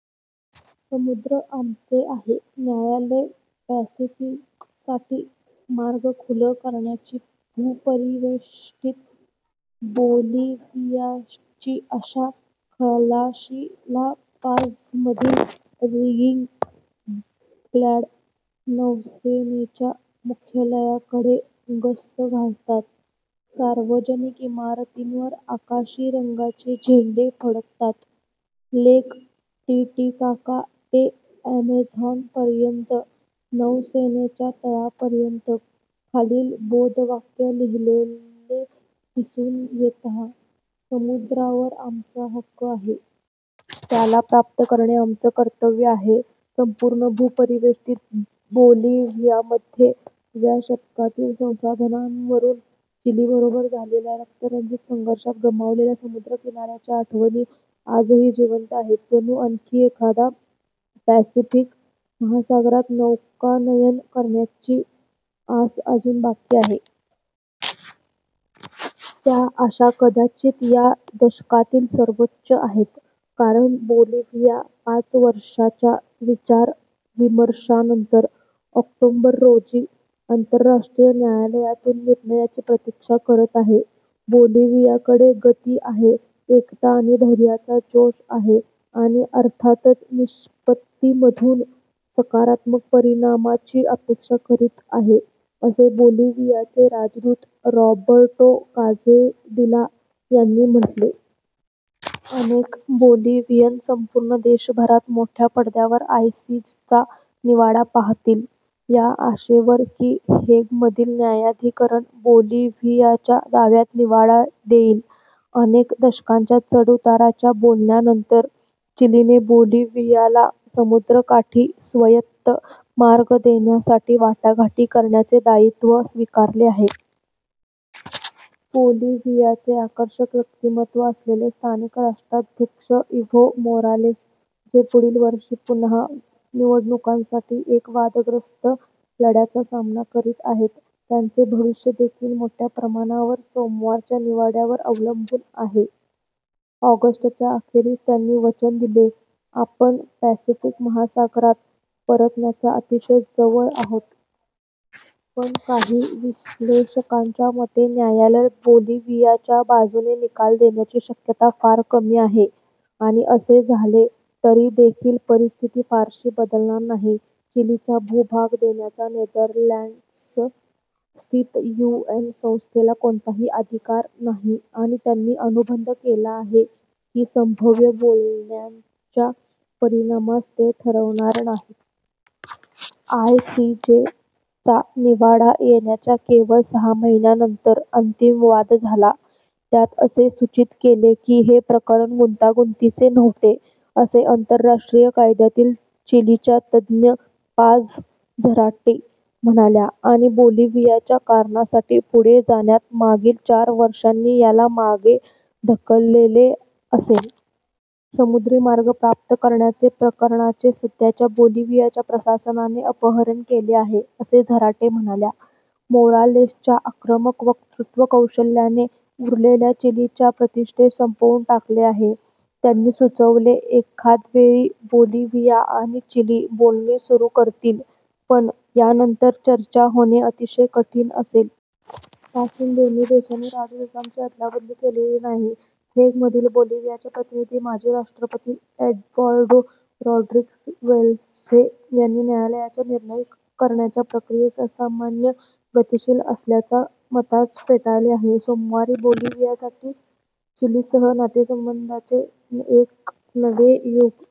'समुद्र आमचे आहे':न्यायालय पॅसिफिकसाठी मार्ग खुला करण्याची भूपरिवेष्टित बोलिव्हियाची आशा. खलाशी ला पाझमधील रिगिंग-क्लॅड नौसेनेच्या मुख्यालयाकडे गस्त घालतात. सार्वजनिक इमारतींवर आकाशी रंगाचे झेंडे फडकतात. लेक टीटीकाका ते अॅमेझॉनपर्यंत नौसेनेच्या तळापर्यंत खालील बोधवाक्य लिहिलेले दिसून येते: "समुद्रावर आमचा हक्क आहे. त्याला प्राप्त करणे आमचे कर्तव्य आहे. " संपूर्ण भूपरिवेष्टित बोलिव्हियामध्ये व्या शतकातील संसाधनांवरून चिलीबरोबर झालेल्या रक्तरंजित संघर्षात गमावलेल्या समुद्रकिनाऱ्याच्या आठवणी आजही जिवंत आहेत- जणू आणखी एकदा पॅसिफिक महासागरात नौकानयन करण्याची आस अजून बाकी आहे. त्या आशा कदाचित या दशकातील सर्वोच्च आहेत, कारण बोलिव्हिया पाच वर्षांच्या विचार-विमर्शानंतर ऑक्टोबर रोजी आंतरराष्ट्रीय न्यायालयातून निर्णयाची प्रतीक्षा करत आहे. "बोलिव्हियाकडे गति आहे, एकता आणि धैर्याचा जोश आहे, आणि अर्थातच निष्पत्तीमधून सकारात्मक परिणामाची अपेक्षा करीत आहे," असे बोलिव्हियाचे राजदूत रॉबर्टो काझेडिला यांनी म्हटले. अनेक बोलिव्हियन संपूर्ण देशभरात मोठ्या पडद्यावर आयसीजचा निवाडा पाहतील, या आशेवर की हेगमधील न्यायाधिकरण बोलिव्हियाच्या दाव्यात निवाडा देईल – अनेक दशकांच्या चढ-उताराच्या बोलण्यांनंतर – चिलीने बोलिव्हियाला समुद्रासाठी स्वायत्त मार्ग देण्यासाठी वाटाघाटी करण्याचे दायित्त्व स्वीकारले आहे. बोलिव्हियाचे आकर्षक व्यक्तिमत्व असलेले स्थानिक राष्ट्राध्यक्ष इव्हो मोरालेस – जे पुढील वर्षी पुनः निवडणुकांसाठी एका वादग्रस्त लढ्याचा सामना करीत आहेत – त्यांचे भविष्य देखील मोठ्या प्रमाणावर सोमवारच्या निवाड्यावर अवलंबून आहे. ऑगस्टच्या अखेरीस त्यांनी वचन दिले, "आपण पॅसिफिक महासागरात परतण्याच्या अतिशय जवळ आहोत. " पण काही विश्लेषकांच्या मते न्यायालय बोलिव्हियाच्या बाजूने निकाल देण्याची शक्यता फार कमी आहे – आणि असे झाले तरी देखील परिस्थिती फारशी बदलणार नाही. चिलीचा भूभाग देण्याचा नेदरलँड्स-स्थित यूएन संस्थेला कोणताही अधिकार नाही, आणि त्यांनी अनुबंध केला आहे की संभाव्य बोलण्यांच्या परिणामास ते ठरविणार नाहीत. आयसीजेचा निवडा येण्याच्या केवळ सहा महिन्यानंतर अंतिम वाद झाला, ज्यात असे सूचित केले की हे प्रकरण "गुंतागुंतीचे नव्हते," असे आंतरराष्ट्रीय कायद्यातील चीलीच्या तज्ज्ञ पाझ झराटे म्हणाल्या. आणि बोलिव्हियाच्या कारणासाठी पुढे जाण्यात, मागील चार वर्षांनी याला मागे ढकलले असेल. "समुद्री मार्ग प्राप्त करण्याचे प्रकरणाचे सध्याच्या बोलिव्हियाच्या प्रशासनाने अपहरण केले आहे," असे झराटे म्हणाल्या. मोरालेसच्या आक्रमक वक्तृत्वकौशल्याने उरलेल्या चिलीच्या प्रतिष्ठेस संपवून टाकले आहे, त्यांनी सुचविले. एखाद वेळी बोलिव्हिया आणि चिली बोलणी सुरु करतील, पण यानंतर चर्चा होणे अतिशय कठीण असेल. पासून दोन्ही देशांनी राजदूतांची अदलाबदली केलेली नाही. हेग येथील बोलिव्हियाचे प्रतिनिधी, माजी राष्ट्रपती एड्वार्डो रॉड्रिग्ज वेल्झे यांनी न्यायालयाच्या निर्णय करण्याच्या प्रक्रियेस असामान्य गतिशील असल्याच्या मतास फेटाळले आहे. "सोमवारी बोलिव्हियासाठी चिलीसह नातेसंबंधांचे एक नवे युग